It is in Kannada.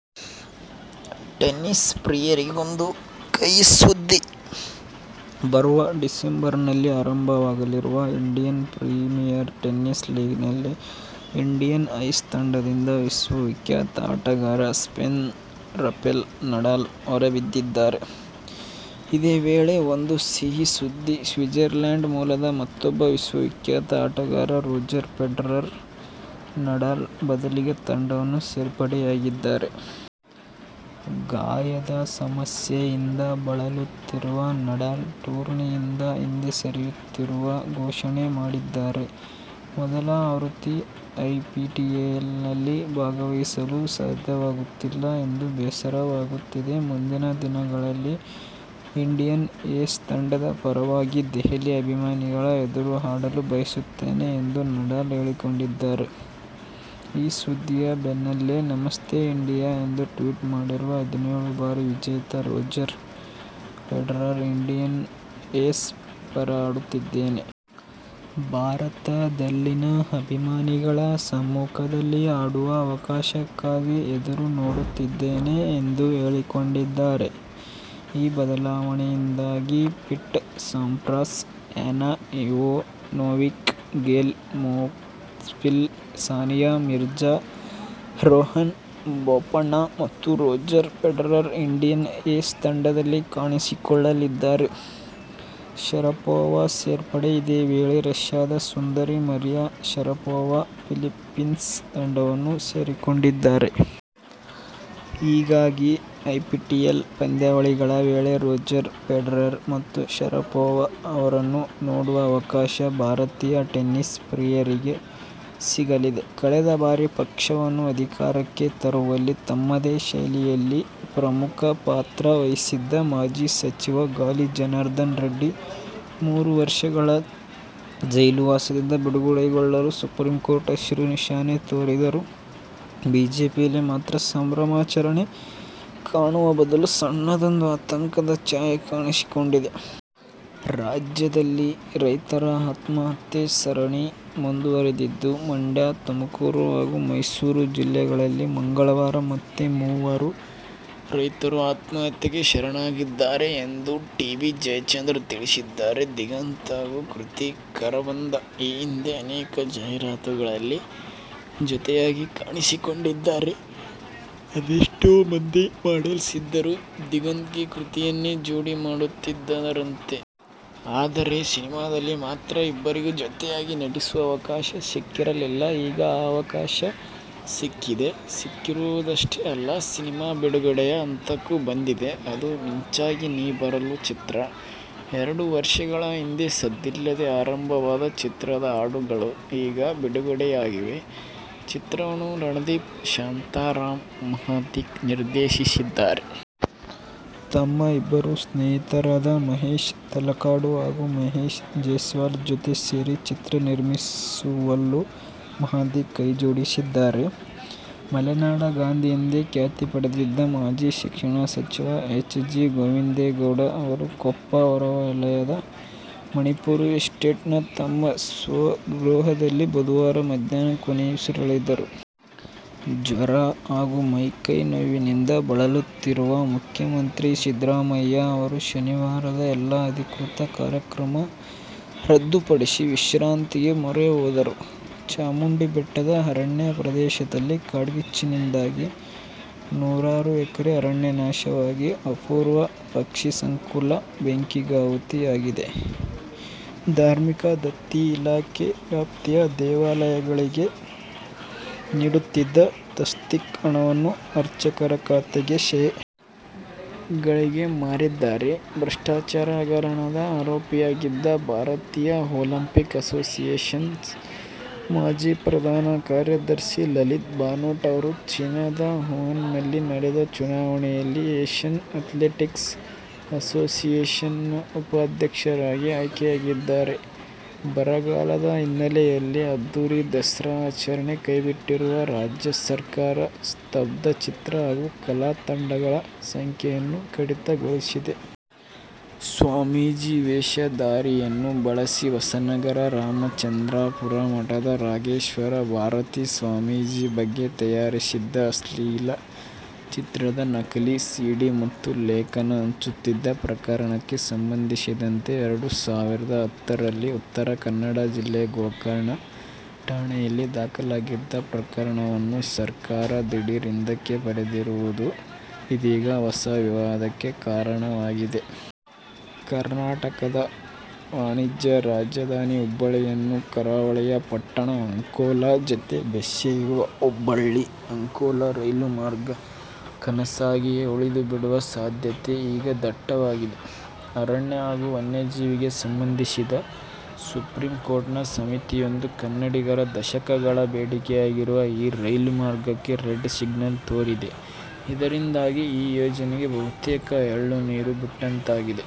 ಟೆನ್ನಿಸ್ ಪ್ರಿಯರಿಗೊಂದು ಕಹಿ ಸುದ್ದಿ. ಬರುವ ಡಿಸೆಂಬರ್ನಲ್ಲಿ ಆರಂಭವಾಗಲಿರುವ ಇಂಡಿಯನ್ ಪ್ರೀಮಿಯರ್ ಟೆನ್ನಿಸ್ ಲೀಗ್ನಲ್ಲಿ ಇಂಡಿಯನ್ ಏಸ್ ತಂಡದಿಂದ ವಿಶ್ವವಿಖ್ಯಾತ ಆಟಗಾರ ಸ್ಪೇನ್ನ ರಫೆಲ್ ನಡಾಲ್ ಹೊರಬಿದ್ದಿದ್ದಾರೆ. ಇದೇ ವೇಳೆ ಒಂದು ಸಿಹಿ ಸುದ್ದಿ. ಸ್ವಿಟ್ಜರ್ಲೆಂಡ್ ಮೂಲದ ಮತ್ತೂಬ್ಬ ವಿಶ್ವವಿಖ್ಯಾತ ಅಟಗಾರ ರೋಜರ್ ಫೆಡರರ್, ನಡಾಲ್ ಬದಲಿಗೆ ತಂಡವನ್ನು ಸೇರ್ಪಡೆಯಾಗಿದ್ದಾರೆ. ಗಾಯದ ಸಮಸ್ಯೆಯಿಂದ ಬಳಲುತ್ತಿರುವ ನಡಾಲ್, ಟೂರ್ನಿಯಿಂದ ಹಿಂದೆ ಸರಿಯುತ್ತಿರುವ ಘೋಷಣೆ ಮಾಡಿದ್ದಾರೆ. ಮೊದಲ ಆವೃತ್ತಿ ಐಪಿಟಿಎಲ್ನಲ್ಲಿ ಭಾಗವಹಿಸಲು ಸಾಧ್ಯವಾಗುತ್ತಿಲ್ಲ ಎಂದು ಬೇಸರವಾಗುತ್ತಿದೆ. ಮುಂದಿನ ದಿನಗಳಲ್ಲಿ ಇಂಡಿಯನ್ ಏಸ್ ತಂಡದ ಪರವಾಗಿ ದೆಹಲಿ ಅಭಿಮಾನಿಗಳ ಎದುರು ಆಡಲು ಬಯಸುತ್ತೇನೆ ಎಂದು ನಡಾಲ್ ಹೇಳಿಕೊಂಡಿದ್ದಾರೆ. ಈ ಸುದ್ದಿಯ ಬೆನ್ನಲ್ಲೇ, ನಮಸ್ತೇ ಇಂಡಿಯಾ ಎಂದು ಟ್ವೀಟ್ ಮಾಡಿರುವ ಹದಿನೇಳು ಬಾರಿ ವಿಜೇತ ರೋಜರ್ ಫೆಡರರ್, ಇಂಡಿಯನ್ ಏಸ್ ಪರ ಆಡುತ್ತಿದ್ದೇನೆ. ಭಾರತದಲ್ಲಿನ ಅಭಿಮಾನಿಗಳ ಸಮ್ಮುಖದಲ್ಲಿ ಆಡುವ ಅವಕಾಶಕ್ಕಾಗಿ ಎದುರು ನೋಡುತ್ತಿದ್ದೇನೆ ಎಂದು ಹೇಳಿಕೊಂಡಿದ್ದಾರೆ. ಈ ಬದಲಾವಣೆಯಿಂದಾಗಿ Pete Sampras, Ana Ivanovic, Gael Monfils, Sania Mirza, Rohan Bopanna ಮತ್ತು ರೋಜರ್ ಫೆಡರರ್ ಇಂಡಿಯನ್ ಏಸ್ ತಂಡದಲ್ಲಿ ಕಾಣಿಸಿಕೊಳ್ಳಲಿದ್ದಾರೆ. ಶರಪೋವಾ ಸೇರ್ಪಡೆ: ಇದೇ ವೇಳೆ ರಷ್ಯಾದ ಸುಂದರಿ, ಮರಿಯಾ ಶರಪೋವಾ, ಫಿಲಿಪ್ಪೀನ್ಸ್ ತಂಡವನ್ನು ಸೇರಿಕೊಂಡಿದ್ದಾರೆ. ಹೀಗಾಗಿ ಐಪಿಟಿಎಲ್ ಪಂದ್ಯಾವಳಿಗಳ ವೇಳೆ ರೋಜರ್ ಫೆಡರರ್ ಮತ್ತು ಶರಪೋವಾ ಅವರನ್ನು ನೋಡುವ ಅವಕಾಶ ಭಾರತೀಯ ಟೆನಿಸ್ ಪ್ರಿಯರಿಗೆ ಸಿಗಲಿದೆ. ಕಳೆದ ಬಾರಿ ಪಕ್ಷವನ್ನು ಅಧಿಕಾರಕ್ಕೆ ತರುವಲ್ಲಿ ತಮ್ಮದೇ ಶೈಲಿಯಲ್ಲಿ ಪ್ರಮುಖ ಪಾತ್ರ ವಹಿಸಿದ್ದ ಮಾಜಿ ಸಚಿವ ಗಾಲಿ ಜನಾರ್ದನರೆಡ್ಡಿ ಮೂರು ವರ್ಷಗಳ ಜೈಲು ವಾಸದಿಂದ ಬಿಡುಗಡೆಗೊಳ್ಳಲು ಸುಪ್ರೀಂಕೋರ್ಟ್ ಹಸಿರು ನಿಶಾನೆ ತೋರಿದರೂ ಬಿಜೆಪಿಯಲ್ಲಿ ಮಾತ್ರ ಸಂಭ್ರಮಾಚರಣೆ ಕಾಣುವ ಬದಲು ಸಣ್ಣದೊಂದು ಆತಂಕದ ಛಾಯೆ ಕಾಣಿಸಿಕೊಂಡಿದೆ. ರಾಜ್ಯದಲ್ಲಿ ರೈತರ ಆತ್ಮಹತ್ಯೆ ಸರಣಿ ಮುಂದುವರಿದಿದ್ದು ಮಂಡ್ಯ, ತುಮಕೂರು ಹಾಗೂ ಮೈಸೂರು ಜಿಲ್ಲೆಗಳಲ್ಲಿ ಮಂಗಳವಾರ ಮತ್ತೆ ಮೂವರು ರೈತರು ಆತ್ಮಹತ್ಯೆಗೆ ಶರಣಾಗಿದ್ದಾರೆ ಎಂದು ಟಿ.ಬಿ. ಜಯಚಂದ್ರ ತಿಳಿಸಿದ್ದಾರೆ. ದಿಗಂತ್ ಹಾಗೂ ಕೃತಿ ಕರಬಂದ ಈ ಹಿಂದೆ ಅನೇಕ ಜಾಹೀರಾತುಗಳಲ್ಲಿ ಜೊತೆಯಾಗಿ ಕಾಣಿಸಿಕೊಂಡಿದ್ದಾರೆ. ಅದೆಷ್ಟೋ ಮಂದಿ ಮಾಡೆಲ್ಸ್ ಇದ್ದರೂ ದಿಗಂತ್ಗೆ ಕೃತಿಯನ್ನೇ ಜೋಡಿ ಮಾಡುತ್ತಿದ್ದರಂತೆ. ಆದರೆ ಸಿನಿಮಾದಲ್ಲಿ ಮಾತ್ರ ಇಬ್ಬರಿಗೂ ಜೊತೆಯಾಗಿ ನಟಿಸುವ ಅವಕಾಶ ಸಿಕ್ಕಿರಲಿಲ್ಲ. ಈಗ ಆ ಅವಕಾಶ ಸಿಕ್ಕಿದೆ. ಸಿಕ್ಕಿರುವುದಷ್ಟೇ ಅಲ್ಲ, ಸಿನಿಮಾ ಬಿಡುಗಡೆಯ ಹಂತಕ್ಕೂ ಬಂದಿದೆ. ಅದು "ಮಿಂಚಾಗಿ ನೀ ಬರಲು' ಚಿತ್ರ. ಎರಡು ವರ್ಷಗಳ ಹಿಂದೆ ಸದ್ದಿಲ್ಲದೇ ಆರಂಭವಾದ ಚಿತ್ರದ ಹಾಡುಗಳು ಈಗ ಬಿಡುಗಡೆಯಾಗಿವೆ. ಚಿತ್ರವನ್ನು ರಣದೀಪ್ ಶಾಂತಾರಾಮ್ ಮಹಾದಿಕ್ ನಿರ್ದೇಶಿಸಿದ್ದಾರೆ. ತಮ್ಮ ಇಬ್ಬರು ಸ್ನೇಹಿತರಾದ ಮಹೇಶ್ ತಲಕಾಡು ಹಾಗೂ ಮಹೇಶ್ ಜೆಸ್ವಾಲ್ ಜೊತೆ ಸೇರಿ ಚಿತ್ರ ನಿರ್ಮಿಸುವಲ್ಲೂ ಮಹಾದಿಕ್ ಕೈ ಜೋಡಿಸಿದ್ದಾರೆ. ಮಲೆನಾಡ ಗಾಂಧಿ ಎಂದೇ ಖ್ಯಾತಿ ಪಡೆದಿದ್ದ ಮಾಜಿ ಶಿಕ್ಷಣ ಸಚಿವ ಎಚ್. ಜಿ. ಗೋವಿಂದೇಗೌಡ ಅವರು ಕೊಪ್ಪ ಹೊರವಲಯದ ಮಣಿಪುರ ಎಸ್ಟೇಟ್ನ ತಮ್ಮ ಸ್ವಗೃಹದಲ್ಲಿ ಬುಧವಾರ ಮಧ್ಯಾಹ್ನ ಕೊನೆಯುಸಿರೆಳೆದರು. ಜ್ವರ ಹಾಗೂ ಮೈ ಕೈ ನೋವಿನಿಂದ ಬಳಲುತ್ತಿರುವ ಮುಖ್ಯಮಂತ್ರಿ ಸಿದ್ದರಾಮಯ್ಯ ಅವರು ಶನಿವಾರದ ಎಲ್ಲ ಅಧಿಕೃತ ಕಾರ್ಯಕ್ರಮ ರದ್ದುಪಡಿಸಿ ವಿಶ್ರಾಂತಿಗೆ ಮೊರೆ ಹೋದರು. ಚಾಮುಂಡಿ ಬೆಟ್ಟದ ಅರಣ್ಯ ಪ್ರದೇಶದಲ್ಲಿ ಕಾಡ್ಗಿಚ್ಚಿನಿಂದಾಗಿ ನೂರಾರು ಎಕರೆ ಅರಣ್ಯ ನಾಶವಾಗಿ, ಅಪೂರ್ವ ಪಕ್ಷಿಸಂಕುಲ ಬೆಂಕಿಗಾಹುತಿಯಾಗಿವೆ. ಧಾರ್ಮಿಕ ದತ್ತಿ ಇಲಾಖೆ ವ್ಯಾಪ್ತಿಯ ದೇವಾಲಯಗಳಿಗೆ ನೀಡುತ್ತಿದ್ದ ತಸ್ತೀಕ್ ಹಣವನ್ನು ಅರ್ಚಕರ ಖಾತೆಗೆ ಶೇ. ಗಳಿಗೆ ಮಾರಿದ್ದಾರೆ. ಭ್ರಷ್ಟಾಚಾರ ಹಗರಣದ ಆರೋಪಿಯಾಗಿದ್ದ ಭಾರತೀಯ ಒಲಿಂಪಿಕ್ ಅಸೋಸಿಯೇಶನ್ನ ಮಾಜಿ ಪ್ರಧಾನ ಕಾರ್ಯದರ್ಶಿ ಲಲಿತ್ ಭಾನೋಟ್ ಅವರು ಚೀನದ ವುಹಾನ್ನಲ್ಲಿ ನಡೆದ ಚುನಾವಣೆಯಲ್ಲಿ ಏಶ್ಯನ್ ಆತ್ಲೆಟಿಕ್ಸ್ ಅಸೋಸಿಯೇಶನ್ ನ ಉಪಾಧ್ಯಕ್ಷರಾಗಿ ಆಯ್ಕೆಯಾಗಿದ್ದಾರೆ. ಬರಗಾಲದ ಹಿನ್ನೆಲೆಯಲ್ಲಿ ಅದ್ದೂರಿ ದಸರಾ ಆಚರಣೆ ಕೈಬಿಟ್ಟಿರುವ ರಾಜ್ಯ ಸರ್ಕಾರ, ಸ್ತಬ್ದಚಿತ್ರ ಹಾಗೂ ಕಲಾ ತಂಡಗಳ ಸಂಖ್ಯೆಯನ್ನೂ ಕಡಿತಗೊಳಿಸಿದೆ. ಸ್ವಾಮೀಜಿ ವೇಷಧಾರಿಯನ್ನು ಬಳಸಿ ಹೊಸನಗರ ರಾಮಚಂದ್ರಾಪುರ ಮಠದ ರಾಘವೇಶ್ವರ ಭಾರತಿ ಸ್ವಾಮೀಜಿ ಬಗ್ಗೆ ತಯಾರಿಸಿದ್ದ ಅಶ್ಲೀಲ ಚಿತ್ರದ ನಕಲಿ ಸಿ. ಡಿ. ಮತ್ತು ಲೇಖನ ಹಂಚುತ್ತಿದ್ದ ಪ್ರಕರಣಕ್ಕೆ ಸಂಬಂಧಿಸಿದಂತೆ ಎರಡು ಸಾವಿರದ ಹತ್ತರಲ್ಲಿ ಉತ್ತರ ಕನ್ನಡ ಜಿಲ್ಲೆ ಗೋಕರ್ಣ ಠಾಣೆಯಲ್ಲಿ ದಾಖಲಾಗಿದ್ದ ಪ್ರಕರಣವನ್ನು ಸರ್ಕಾರ ದಿಢೀರ್ ಹಿಂದಕ್ಕೆ ಪಡೆದಿರುವುದು ಇದೀಗ ಹೊಸ ವಿವಾದಕ್ಕೆ ಕಾರಣವಾಗಿದೆ. ಕರ್ನಾಟಕದ ವಾಣಿಜ್ಯ ರಾಜಧಾನಿ ಹುಬ್ಬಳ್ಳಿಯನ್ನು ಕರಾವಳಿಯ ಪಟ್ಟಣ ಅಂಕೋಲಾ ಜತೆ ಬೆಸೆಯುವ "ಹುಬ್ಬಳ್ಳಿ- ಅಂಕೋಲಾ ರೈಲು ಮಾರ್ಗ' ಕನಸಾಗಿಯೇ ಉಳಿದುಬಿಡುವ ಸಾಧ್ಯತೆ ಈಗ ದಟ್ಟವಾಗಿದೆ. ಅರಣ್ಯ ಹಾಗೂ ವನ್ಯಜೀವಿಗೆ ಸಂಬಂಧಿಸಿದ ಸುಪ್ರೀಂಕೋರ್ಟ್ನ ಸಮಿತಿಯೊಂದು ಕನ್ನಡಿಗರ ದಶಕಗಳ ಬೇಡಿಕೆಯಾಗಿರುವ ಈ ರೈಲು ಮಾರ್ಗಕ್ಕೆ "ರೆಡ್ ಸಿಗ್ನಲ್' ತೋರಿದೆ. ಇದರಿಂದಾಗಿ ಈ ಯೋಜನೆಗೆ ಬಹುತೇಕ ಎಳ್ಳುನೀರು ಬಿಟ್ಟಂತಾಗಿದೆ.